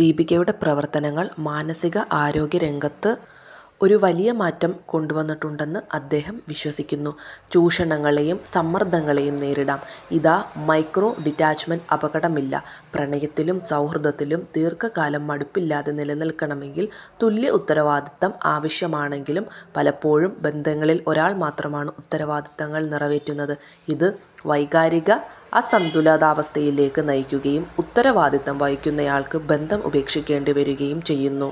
ദീപികയുടെ പ്രവർത്തനങ്ങൾ മാനസികാരോഗ്യ രംഗത്ത് ഒരു വലിയ മാറ്റം കൊണ്ടുവന്നിട്ടുണ്ടെന്ന് അദ്ദേഹം വിശ്വസിക്കുന്നു. ചൂഷണങ്ങളെയും സമ്മർദങ്ങളെയും നേരിടാം; ഇതാ മൈക്രോ ഡിറ്റാച്ച്മെന്റ്, അപകടമില്ല! പ്രണയത്തിലും സൗഹൃദത്തിലും ദീർഘകാലം മടുപ്പില്ലാതെ നിലനിൽക്കണമെങ്കിൽ തുല്യ ഉത്തരവാദിത്തം ആവശ്യമാണെങ്കിലും, പലപ്പോഴും ബന്ധങ്ങളിൽ ഒരാൾ മാത്രമാണ് ഉത്തരവാദിത്തങ്ങൾ നിറവേറ്റുന്നത്. ഇത് വൈകാരിക അസന്തുലിതാവസ്ഥയിലേക്ക് നയിക്കുകയും ഉത്തരവാദിത്തം വഹിക്കുന്നയാൾക്ക് ബന്ധം ഉപേക്ഷിക്കേണ്ടി വരികയും ചെയ്യുന്നു.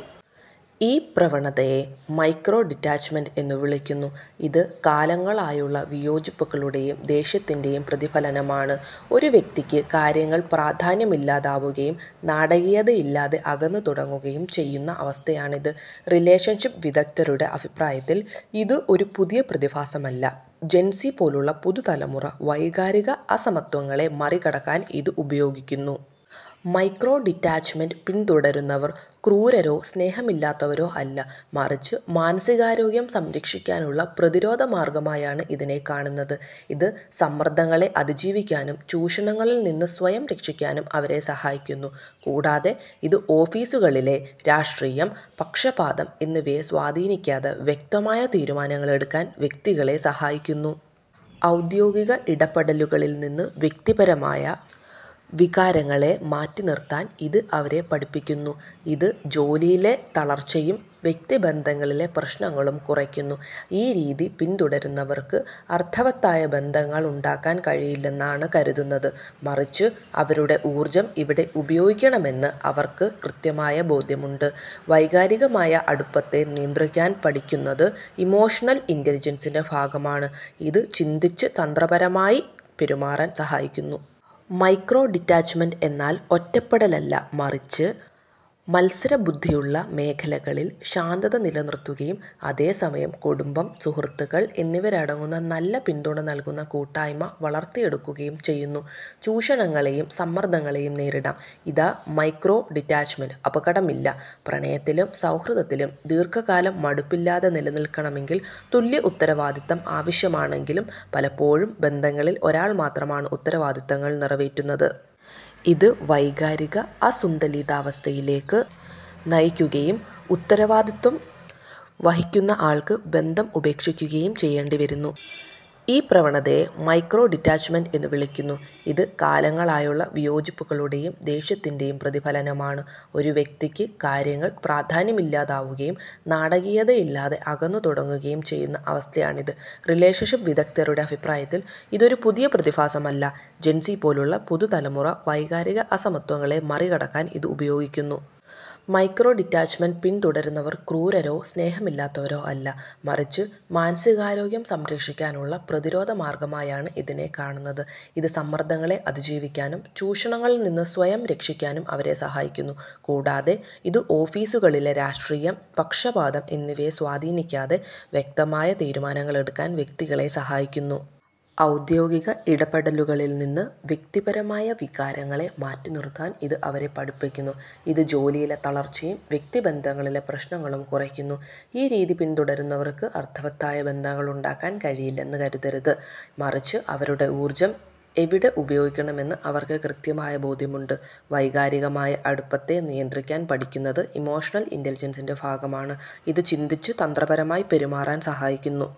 ഈ പ്രവണതയെ മൈക്രോ ഡിറ്റാച്ച്മെന്റ് എന്ന് വിളിക്കുന്നു, ഇത് കാലങ്ങളായുള്ള വിയോജിപ്പുകളുടെയും ദേഷ്യത്തിന്റെയും പ്രതിഫലനമാണ്. ഒരു വ്യക്തിക്ക് കാര്യങ്ങൾ പ്രാധാന്യമില്ലാതാവുകയും നാടകീയതയില്ലാതെ അകന്നു തുടങ്ങുകയും ചെയ്യുന്ന അവസ്ഥയാണിത്. റിലേഷൻഷിപ് വിദഗ്ധരുടെ അഭിപ്രായത്തിൽ, ഇത് ഒരു പുതിയ പ്രതിഭാസമല്ല, ജെൻസി പോലുള്ള പുതുതലമുറ വൈകാരിക അസമത്വങ്ങളെ മറികടക്കാൻ ഇത് ഉപയോഗിക്കുന്നു. മൈക്രോ ഡിറ്റാച്ച്മെന്റ് പിന്തുടരുന്നവർ ക്രൂരരോ സ്നേഹമില്ലാത്തവരോ അല്ല, മറിച്ച് മാനസികാരോഗ്യം സംരക്ഷിക്കാനുള്ള പ്രതിരോധ മാർഗ്ഗമായാണ് ഇതിനെ കാണുന്നത്. ഇത് സമ്മർദ്ദങ്ങളെ അതിജീവിക്കാനും ചൂഷണങ്ങളിൽ നിന്ന് സ്വയം രക്ഷിക്കാനും അവരെ സഹായിക്കുന്നു. കൂടാതെ, ഇത് ഓഫീസുകളിലെ രാഷ്ട്രീയം, പക്ഷപാതം എന്നിവയെ സ്വാധീനിക്കാതെ വ്യക്തമായ തീരുമാനങ്ങൾ എടുക്കാൻ വ്യക്തികളെ സഹായിക്കുന്നു. ഔദ്യോഗിക ഇടപെടലുകളിൽ നിന്ന് വ്യക്തിപരമായ വികാരങ്ങളെ മാറ്റിനിർത്താൻ ഇത് അവരെ പഠിപ്പിക്കുന്നു, ഇത് ജോലിയിലെ തളർച്ചയും വ്യക്തിബന്ധങ്ങളിലെ പ്രശ്നങ്ങളും കുറയ്ക്കുന്നു. ഈ രീതി പിന്തുടരുന്നവർക്ക് അർത്ഥവത്തായ ബന്ധങ്ങൾ ഉണ്ടാക്കാൻ കഴിയില്ലെന്ന് കരുതരുത്, മറിച്ച് അവരുടെ ഊർജ്ജം എവിടെ ഉപയോഗിക്കണമെന്ന് അവർക്ക് കൃത്യമായ ബോധ്യമുണ്ട്. വൈകാരികമായ അടുപ്പത്തെ നിയന്ത്രിക്കാൻ പഠിക്കുന്നത് ഇമോഷണൽ ഇന്റലിജൻസിന്റെ ഭാഗമാണ്, ഇത് ചിന്തിച്ച് തന്ത്രപരമായി പെരുമാറാൻ സഹായിക്കുന്നു. മൈക്രോ ഡിറ്റാച്ച്മെന്റ് എന്നാൽ ഒറ്റപ്പെടലല്ല, മറിച്ച് മത്സരബുദ്ധിയുള്ള മേഖലകളിൽ ശാന്തത നിലനിർത്തുകയും അതേസമയം കുടുംബം, സുഹൃത്തുക്കൾ എന്നിവരടങ്ങുന്ന നല്ല പിന്തുണ നൽകുന്ന കൂട്ടായ്മ വളർത്തിയെടുക്കുകയും ചെയ്യുന്നു. ചൂഷണങ്ങളെയും സമ്മർദങ്ങളെയും നേരിടാം; ഇതാ മൈക്രോ ഡിറ്റാച്ച്മെന്റ്, അപകടമില്ല! പ്രണയത്തിലും സൗഹൃദത്തിലും ദീർഘകാലം മടുപ്പില്ലാതെ നിലനിൽക്കണമെങ്കിൽ തുല്യ ഉത്തരവാദിത്തം ആവശ്യമാണെങ്കിലും, പലപ്പോഴും ബന്ധങ്ങളിൽ ഒരാൾ മാത്രമാണ് ഉത്തരവാദിത്തങ്ങൾ നിറവേറ്റുന്നത്. ഇത് വൈകാരിക അസന്തുലിതാവസ്ഥയിലേക്ക് നയിക്കുകയും ഉത്തരവാദിത്തം വഹിക്കുന്നയാൾക്ക് ബന്ധം ഉപേക്ഷിക്കേണ്ടി വരികയും ചെയ്യുന്നു. ഈ പ്രവണതയെ മൈക്രോ ഡിറ്റാച്ച്മെന്റ് എന്ന് വിളിക്കുന്നു, ഇത് കാലങ്ങളായുള്ള വിയോജിപ്പുകളുടെയും ദേഷ്യത്തിന്റെയും പ്രതിഫലനമാണ്. ഒരു വ്യക്തിക്ക് കാര്യങ്ങൾ പ്രാധാന്യമില്ലാതാവുകയും നാടകീയതയില്ലാതെ അകന്നു തുടങ്ങുകയും ചെയ്യുന്ന അവസ്ഥയാണിത്. റിലേഷൻഷിപ് വിദഗ്ധരുടെ അഭിപ്രായത്തിൽ, ഇത് ഒരു പുതിയ പ്രതിഭാസമല്ല, ജെൻസി പോലുള്ള പുതുതലമുറ വൈകാരിക അസമത്വങ്ങളെ മറികടക്കാൻ ഇത് ഉപയോഗിക്കുന്നു. മൈക്രോ ഡിറ്റാച്ച്മെന്റ് പിന്തുടരുന്നവർ ക്രൂരരോ സ്നേഹമില്ലാത്തവരോ അല്ല, മറിച്ച് മാനസികാരോഗ്യം സംരക്ഷിക്കാനുള്ള പ്രതിരോധ മാർഗ്ഗമായാണ് ഇതിനെ കാണുന്നത്. ഇത് സമ്മർദ്ദങ്ങളെ അതിജീവിക്കാനും ചൂഷണങ്ങളിൽ നിന്ന് സ്വയം രക്ഷിക്കാനും അവരെ സഹായിക്കുന്നു. കൂടാതെ, ഇത് ഓഫീസുകളിലെ രാഷ്ട്രീയം, പക്ഷപാതം എന്നിവയെ സ്വാധീനിക്കാതെ വ്യക്തമായ തീരുമാനങ്ങൾ എടുക്കാൻ വ്യക്തികളെ സഹായിക്കുന്നു. ഔദ്യോഗിക ഇടപെടലുകളിൽ നിന്ന് വ്യക്തിപരമായ വികാരങ്ങളെ മാറ്റിനിർത്താൻ ഇത് അവരെ പഠിപ്പിക്കുന്നു, ഇത് ജോലിയിലെ തളർച്ചയും വ്യക്തിബന്ധങ്ങളിലെ പ്രശ്നങ്ങളും കുറയ്ക്കുന്നു. ഈ രീതി പിന്തുടരുന്നവർക്ക് അർത്ഥവത്തായ ബന്ധങ്ങൾ ഉണ്ടാക്കാൻ കഴിയില്ലെന്ന് കരുതരുത്, മറിച്ച് അവരുടെ ഊർജ്ജം എവിടെ ഉപയോഗിക്കണമെന്ന് അവർക്ക് കൃത്യമായ ബോധ്യമുണ്ട്. വൈകാരികമായ അടുപ്പത്തെ നിയന്ത്രിക്കാൻ പഠിക്കുന്നത് ഇമോഷണൽ ഇന്റലിജൻസിന്റെ ഭാഗമാണ്, ഇത് ചിന്തിച്ച് തന്ത്രപരമായി പെരുമാറാൻ സഹായിക്കുന്നു.